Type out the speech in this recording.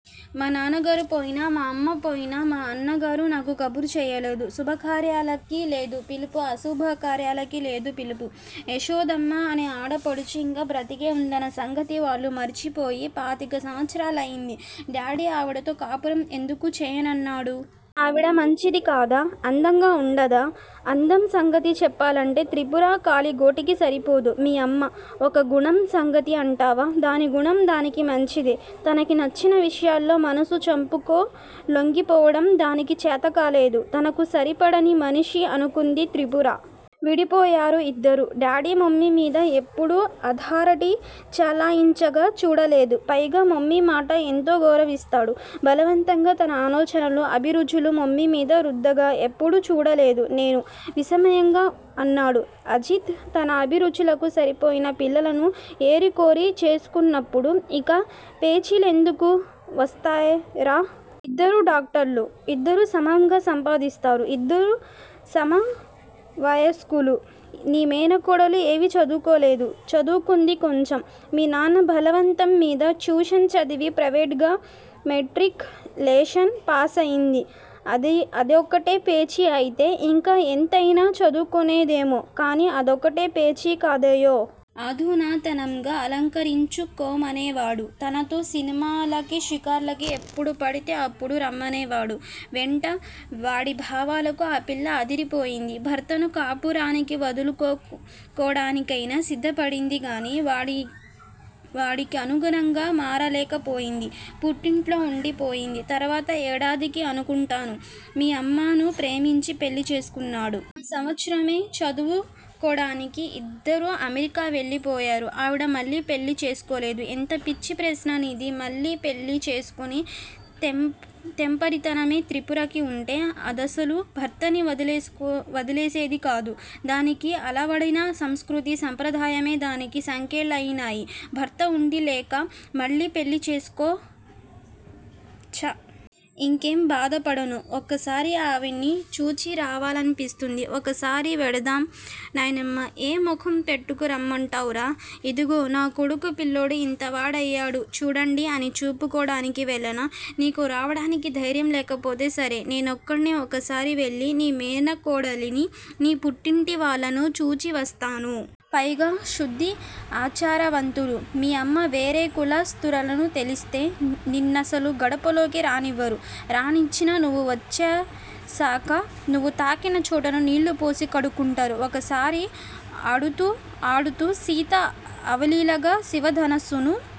మా నాన్నగారు పోయినా, మా అమ్మ పోయినా మా అన్నగారు నాకు కబురు చేయలేదు. శుభకార్యాలకి లేదు పిలుపు ఆశుభాకార్యాలకి లేదు పిలుపు యశోదమ్మ అనే ఆడపడుచు ఇంకా బ్రతికే ఉందన్న సంగతి వాళ్ళు మరిచిపోయి పాతిక సంవత్సరాల్తెంది! డాడి ఆవిడతో కాపురం ఎందుకు చేయ్యనన్నాడు? ఆవిడ మంచిది కాదా అందంగా ఉండదా? అందం సంగతి చెప్పాలంటే త్రిపుర కాలిగోటికి సరిపోదు మీ అమ్మ! ఇక గుణం సంగతి అంటావా, దాని గుణం దానికి మంచిదే! తనకి నచ్చని విషయాల్లో మనసు చంపుకొ లొంగిపోవడం దానికి చాతకాలేదు. తనకు సరిపడని మనిషిఅనుకొంది త్రిపుర. విడిపోయారు ఇద్దరు! డాడి మమ్మి మీద ఎప్పడూ అధారటి చేలాయించగా చూడలేదు! పైగా మమ్మి మాటను ఎంతో గౌరవిస్తాడు. బలవంతగా తన ఆలోచనలు, అభిరుచులు మమ్మి మీద రుద్దగా ఎప్పుడూ చూడలేదు నేను! విస్మయంగా అన్నాడు అజిత్. తన అభిరుచులకు సరిపోయిన పిల్లను ఏరికోరిచేసుకొన్నప్పుడు ఇక పేచిలేందుకు వస్తాయిరా? ఇద్దరూ డాక్టర్లు. ఇద్దరూ సమంగా సంపాదిస్తారు. ఇద్దరూ సమవయస్కులు! నీ మేనకోడలు ఏవి చదువుకోలేదా? చదువుకొంది కొంచెం. మీ నాన్న బలవంతం మిదే ట్యూషన్ చదివి ప్త్రేవేట్ గా మెట్రిక్ లేషన్ పాసయింది. అదొక్కటే పేచి అయితే ఇంకా ఎంత యినా చదువుకోనేదేమో, కానీ, అదొక్కటే పేచి కాదాయె! ఆధునాతనంగా అలంకరించుకొమనేవాడు? తనతో సినిమా లకి షికార్లకి ఎప్పుడు పడితే అప్పుడు రమ్మ నేవాడు వెంట! వాడిభావాలకి ఆ పిల్ల అదిరిపోయింది! భర్తనూ కాపురాన్ని వదులుకోడానిక్తేనా సిద్ధపడిందేగాని వాడికనుగుణం గా మారలేకపోయింది! పుట్టింట్లో ఉండి పోయింది! తరువాత ఏడాదికి అనుకొంటాను, మీ అమ్మను ప్రేమించి పెళ్ళి చేసుకున్నాడు! ఆ సంవత్సరమే చదువు కోడానికని ఇద్దరూ అమెరికా వెళ్ళి పోయారు! ఆవిడ మళ్ళి పెళ్ళి చేసుకోలేదు? ఎంత పిచ్చి ప్రశ్నరా నిది! మళ్ళి పెళ్ళి చేసుకొనే తెంపరితనమే త్రిపురకి ఉంటే, అదసలు భర్తనే వదిలేసేది కాదు! దానికి అలవడిన సంస్కృతి సంప్రదాయమే దానికి సంకెళ్ళయినాయి! భర్త ఉండిలేక, మళ్ళి పెళ్ళి చేసుకో-చ! ఇంకేం బాధపడను? ఒకసారి ఆవిణ్ణి చూచిరావాలనిపిస్తూంది! ఒకసారి వెడదామా, నాయనమ్మ? ఏ ముఖం పెట్టుకు రమ్మంటావురా? 'ఇదిగో నాకొడుకు పిల్లడు ఇంతవాడయ్యడో చూడండి అని చూపుకోడానికి వెళ్ళనా? నీకు రావడానికి ద్తేర్యం లేకపోతే సరే! నేనిక్కడిని ఒకసారి వెళ్ళి నీ మేనకోడలిని, నీ పుట్టింటి వాళ్ళనూ చూచి వస్తాను. పైగా శుద్ధి ఆచారవంతులు! మీ అమ్మ వేరే కుల స్తురాలని తెలిస్తే నిన్నసలు గడపలోకే రానివ్వరు! రాణిచ్చినా, నువ్వు వచ్చేశాక నువ్వు తాకిన చోటుని నీళ్ళుపోసి కడుక్కుంటారు! ఒకసారి ఆడుతూ ఆడుతూ సీత అవలీలగా శివధనస్సును